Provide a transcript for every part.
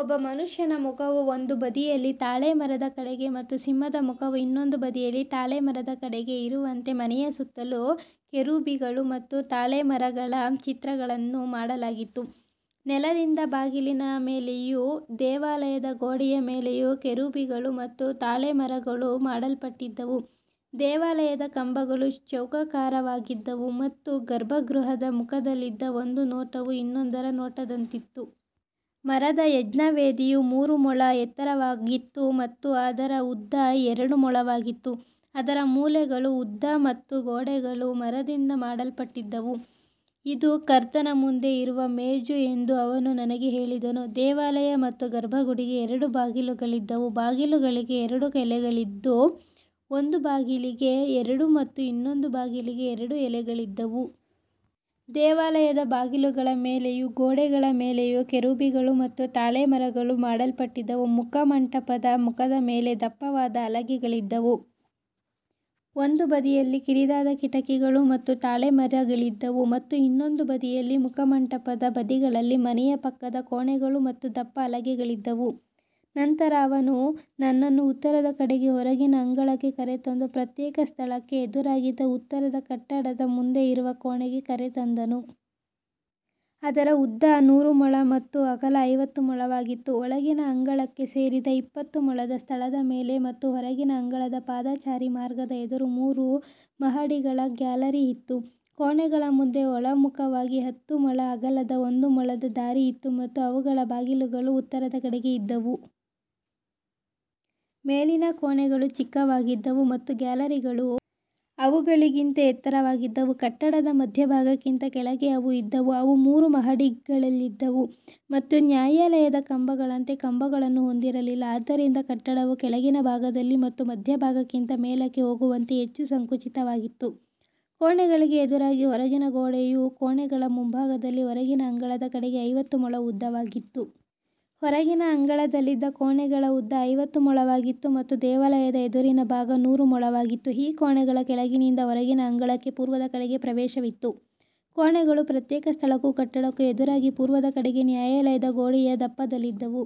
ಒಬ್ಬ ಮನುಷ್ಯನ ಮುಖವು ಒಂದು ಬದಿಯಲ್ಲಿ ತಾಳೆಮರದ ಕಡೆಗೆ ಮತ್ತು ಸಿಂಹದ ಮುಖವು ಇನ್ನೊಂದು ಬದಿಯಲ್ಲಿ ತಾಳೆಮರದ ಕಡೆಗೆ ಇರುವಂತೆ ಮನೆಯ ಸುತ್ತಲೂ ಕೆರೂಬಿಗಳು ಮತ್ತು ತಾಳೆಮರಗಳ ಚಿತ್ರಗಳನ್ನು ಮಾಡಲಾಗಿತ್ತು. ನೆಲದಿಂದ ಬಾಗಿಲಿನ ಮೇಲೆಯೂ ದೇವಾಲಯದ ಗೋಡೆಯ ಮೇಲೆಯೂ ಕೆರೂಬಿಗಳು ಮತ್ತು ತಾಳೆಮರಗಳು ಮಾಡಲ್ಪಟ್ಟಿದ್ದವು. ದೇವಾಲಯದ ಕಂಬಗಳು ಚೌಕಾಕಾರವಾಗಿದ್ದವು ಮತ್ತು ಗರ್ಭಗೃಹದ ಮುಖದಲ್ಲಿದ್ದ ಒಂದು ನೋಟವು ಇನ್ನೊಂದರ ನೋಟದಂತಿತ್ತು. ಮರದ ಯಜ್ಞವೇದಿಯು ಮೂರು ಮೊಳ ಎತ್ತರವಾಗಿತ್ತು ಮತ್ತು ಅದರ ಉದ್ದ ಎರಡು ಮೊಳವಾಗಿತ್ತು. ಅದರ ಮೂಲೆಗಳು, ಉದ್ದ ಮತ್ತು ಗೋಡೆಗಳು ಮರದಿಂದ ಮಾಡಲ್ಪಟ್ಟಿದ್ದವು. ಇದು ಕರ್ತನ ಮುಂದೆ ಇರುವ ಮೇಜು ಎಂದು ಅವನು ನನಗೆ ಹೇಳಿದನು. ದೇವಾಲಯ ಮತ್ತು ಗರ್ಭಗುಡಿಗೆ ಎರಡು ಬಾಗಿಲುಗಳಿದ್ದವು. ಬಾಗಿಲುಗಳಿಗೆ ಎರಡು ಎಲೆಗಳಿದ್ದು, ಒಂದು ಬಾಗಿಲಿಗೆ ಎರಡು ಮತ್ತು ಇನ್ನೊಂದು ಬಾಗಿಲಿಗೆ ಎರಡು ಎಲೆಗಳಿದ್ದವು. ದೇವಾಲಯದ ಬಾಗಿಲುಗಳ ಮೇಲೆಯೂ ಗೋಡೆಗಳ ಮೇಲೆಯೂ ಕೆರೂಬಿಗಳು ಮತ್ತು ತಾಳೆಮರಗಳು ಮಾಡಲ್ಪಟ್ಟಿದ್ದವು. ಮುಖಮಂಟಪದ ಮುಖದ ಮೇಲೆ ದಪ್ಪವಾದ ಹಲಗೆಗಳಿದ್ದವು. ಒಂದು ಬದಿಯಲ್ಲಿ ಕಿರಿದಾದ ಕಿಟಕಿಗಳು ಮತ್ತು ತಾಳೆಮರಗಳಿದ್ದವು ಮತ್ತು ಇನ್ನೊಂದು ಬದಿಯಲ್ಲಿ ಮುಖಮಂಟಪದ ಬದಿಗಳಲ್ಲಿ ಮನೆಯ ಪಕ್ಕದ ಕೋಣೆಗಳು ಮತ್ತು ದಪ್ಪ ಹಲಗೆಗಳಿದ್ದವು. ನಂತರ ಅವನು ನನ್ನನ್ನು ಉತ್ತರದ ಕಡೆಗೆ ಹೊರಗಿನ ಅಂಗಳಕ್ಕೆ ಕರೆತಂದು, ಪ್ರತ್ಯೇಕ ಸ್ಥಳಕ್ಕೆ ಎದುರಾಗಿದ್ದ ಉತ್ತರದ ಕಟ್ಟಡದ ಮುಂದೆ ಇರುವ ಕೋಣೆಗೆ ಕರೆತಂದನು. ಅದರ ಉದ್ದ ನೂರು ಮೊಳ ಮತ್ತು ಅಗಲ ಐವತ್ತು ಮೊಳವಾಗಿತ್ತು. ಒಳಗಿನ ಅಂಗಳಕ್ಕೆ ಸೇರಿದ ಇಪ್ಪತ್ತು ಮೊಳದ ಸ್ಥಳದ ಮೇಲೆ ಮತ್ತು ಹೊರಗಿನ ಅಂಗಳದ ಪಾದಚಾರಿ ಮಾರ್ಗದ ಎದುರು ಮೂರು ಮಹಡಿಗಳ ಗ್ಯಾಲರಿ ಇತ್ತು. ಕೋಣೆಗಳ ಮುಂದೆ ಒಳಮುಖವಾಗಿ ಹತ್ತು ಮೊಳ ಅಗಲದ ಒಂದು ಮೊಳದ ದಾರಿ ಇತ್ತು ಮತ್ತು ಅವುಗಳ ಬಾಗಿಲುಗಳು ಉತ್ತರದ ಕಡೆಗೆ ಇದ್ದವು. ಮೇಲಿನ ಕೋಣೆಗಳು ಚಿಕ್ಕವಾಗಿದ್ದವು ಮತ್ತು ಗ್ಯಾಲರಿಗಳು ಅವುಗಳಿಗಿಂತ ಎತ್ತರವಾಗಿದ್ದವು. ಕಟ್ಟಡದ ಮಧ್ಯಭಾಗಕ್ಕಿಂತ ಕೆಳಗೆ ಅವು ಇದ್ದವು. ಅವು ಮೂರು ಮಹಡಿಗಳಲ್ಲಿದ್ದವು ಮತ್ತು ನ್ಯಾಯಾಲಯದ ಕಂಬಗಳಂತೆ ಕಂಬಗಳನ್ನು ಹೊಂದಿರಲಿಲ್ಲ. ಆದ್ದರಿಂದ ಕಟ್ಟಡವು ಕೆಳಗಿನ ಭಾಗದಲ್ಲಿ ಮತ್ತು ಮಧ್ಯಭಾಗಕ್ಕಿಂತ ಮೇಲಕ್ಕೆ ಹೋಗುವಂತೆ ಹೆಚ್ಚು ಸಂಕುಚಿತವಾಗಿತ್ತು. ಕೋಣೆಗಳಿಗೆ ಎದುರಾಗಿ ಹೊರಗಿನ ಗೋಡೆಯು ಕೋಣೆಗಳ ಮುಂಭಾಗದಲ್ಲಿ ಹೊರಗಿನ ಅಂಗಳದ ಕಡೆಗೆ ಐವತ್ತು ಮೊಳ ಉದ್ದವಾಗಿತ್ತು. ಹೊರಗಿನ ಅಂಗಳದಲ್ಲಿದ್ದ ಕೋಣೆಗಳ ಉದ್ದ ಐವತ್ತು ಮೊಳವಾಗಿತ್ತು ಮತ್ತು ದೇವಾಲಯದ ಎದುರಿನ ಭಾಗ ನೂರು ಮೊಳವಾಗಿತ್ತು. ಈ ಕೋಣೆಗಳ ಕೆಳಗಿನಿಂದ ಹೊರಗಿನ ಅಂಗಳಕ್ಕೆ ಪೂರ್ವದ ಕಡೆಗೆ ಪ್ರವೇಶವಿತ್ತು. ಕೋಣೆಗಳು ಪ್ರತ್ಯೇಕ ಸ್ಥಳಕ್ಕೂ ಕಟ್ಟಡಕ್ಕೂ ಎದುರಾಗಿ ಪೂರ್ವದ ಕಡೆಗೆ ನ್ಯಾಯಾಲಯದ ಗೋಡೆಯ ದಪ್ಪದಲ್ಲಿದ್ದವು.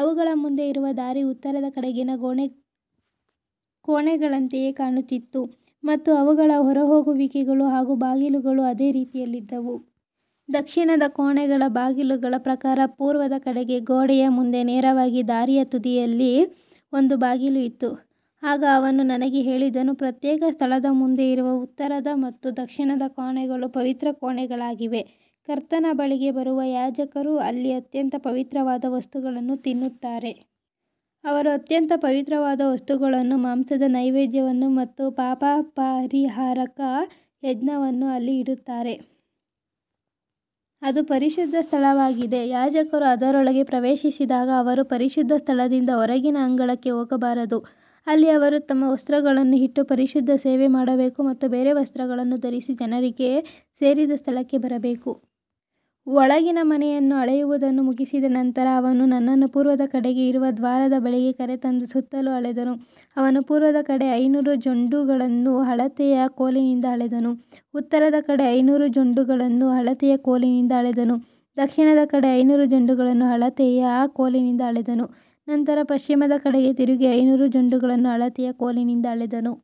ಅವುಗಳ ಮುಂದೆ ಇರುವ ದಾರಿ ಉತ್ತರದ ಕಡೆಗಿನ ಕೋಣೆಗಳಂತೆಯೇ ಕಾಣುತ್ತಿತ್ತು ಮತ್ತು ಅವುಗಳ ಹೊರಹೋಗುವಿಕೆಗಳು ಹಾಗೂ ಬಾಗಿಲುಗಳು ಅದೇ ರೀತಿಯಲ್ಲಿದ್ದವು. ದಕ್ಷಿಣದ ಕೋಣೆಗಳ ಬಾಗಿಲುಗಳ ಪ್ರಕಾರ ಪೂರ್ವದ ಕಡೆಗೆ ಗೋಡೆಯ ಮುಂದೆ ನೇರವಾಗಿ ದಾರಿಯ ತುದಿಯಲ್ಲಿ ಒಂದು ಬಾಗಿಲು ಇತ್ತು. ಆಗ ಅವನು ನನಗೆ ಹೇಳಿದನು, ಪ್ರತ್ಯೇಕ ಸ್ಥಳದ ಮುಂದೆ ಇರುವ ಉತ್ತರದ ಮತ್ತು ದಕ್ಷಿಣದ ಕೋಣೆಗಳು ಪವಿತ್ರ ಕೋಣೆಗಳಾಗಿವೆ. ಕರ್ತನ ಬಳಿಗೆ ಬರುವ ಯಾಜಕರು ಅಲ್ಲಿ ಅತ್ಯಂತ ಪವಿತ್ರವಾದ ವಸ್ತುಗಳನ್ನು ತಿನ್ನುತ್ತಾರೆ. ಅವರು ಅತ್ಯಂತ ಪವಿತ್ರವಾದ ವಸ್ತುಗಳನ್ನು, ಮಾಂಸದ ನೈವೇದ್ಯವನ್ನು ಮತ್ತು ಪಾಪಪರಿಹಾರಕ ಯಜ್ಞವನ್ನು ಅಲ್ಲಿ ಇಡುತ್ತಾರೆ. ಅದು ಪರಿಶುದ್ಧ ಸ್ಥಳವಾಗಿದೆ. ಯಾಜಕರು ಅದರೊಳಗೆ ಪ್ರವೇಶಿಸಿದಾಗ ಅವರು ಪರಿಶುದ್ಧ ಸ್ಥಳದಿಂದ ಹೊರಗಿನ ಅಂಗಳಕ್ಕೆ ಹೋಗಬಾರದು. ಅಲ್ಲಿ ಅವರು ತಮ್ಮ ವಸ್ತ್ರಗಳನ್ನು ಇಟ್ಟು ಪರಿಶುದ್ಧ ಸೇವೆ ಮಾಡಬೇಕು ಮತ್ತು ಬೇರೆ ವಸ್ತ್ರಗಳನ್ನು ಧರಿಸಿ ಜನರಿಗೆ ಸೇರಿದ ಸ್ಥಳಕ್ಕೆ ಬರಬೇಕು. ಒಳಗಿನ ಮನೆಯನ್ನು ಅಳೆಯುವುದನ್ನು ಮುಗಿಸಿದ ನಂತರ ಅವನು ನನ್ನನ್ನು ಪೂರ್ವದ ಕಡೆಗೆ ಇರುವ ದ್ವಾರದ ಬಳಿಗೆ ಕರೆತಂದು ಸುತ್ತಲೂ ಅಳೆದನು. ಅವನು ಪೂರ್ವದ ಕಡೆ ಐನೂರು ಜೊಂಡುಗಳನ್ನು ಅಳತೆಯ ಕೋಲಿನಿಂದ ಅಳೆದನು. ಉತ್ತರದ ಕಡೆ ಐನೂರು ಜೊಂಡುಗಳನ್ನು ಅಳತೆಯ ಕೋಲಿನಿಂದ ಅಳೆದನು. ದಕ್ಷಿಣದ ಕಡೆ ಐನೂರು ಜೊಂಡುಗಳನ್ನು ಅಳತೆಯ ಕೋಲಿನಿಂದ ಅಳೆದನು. ನಂತರ ಪಶ್ಚಿಮದ ಕಡೆಗೆ ತಿರುಗಿ ಐನೂರು ಜೊಂಡುಗಳನ್ನು ಅಳತೆಯ ಕೋಲಿನಿಂದ ಅಳೆದನು.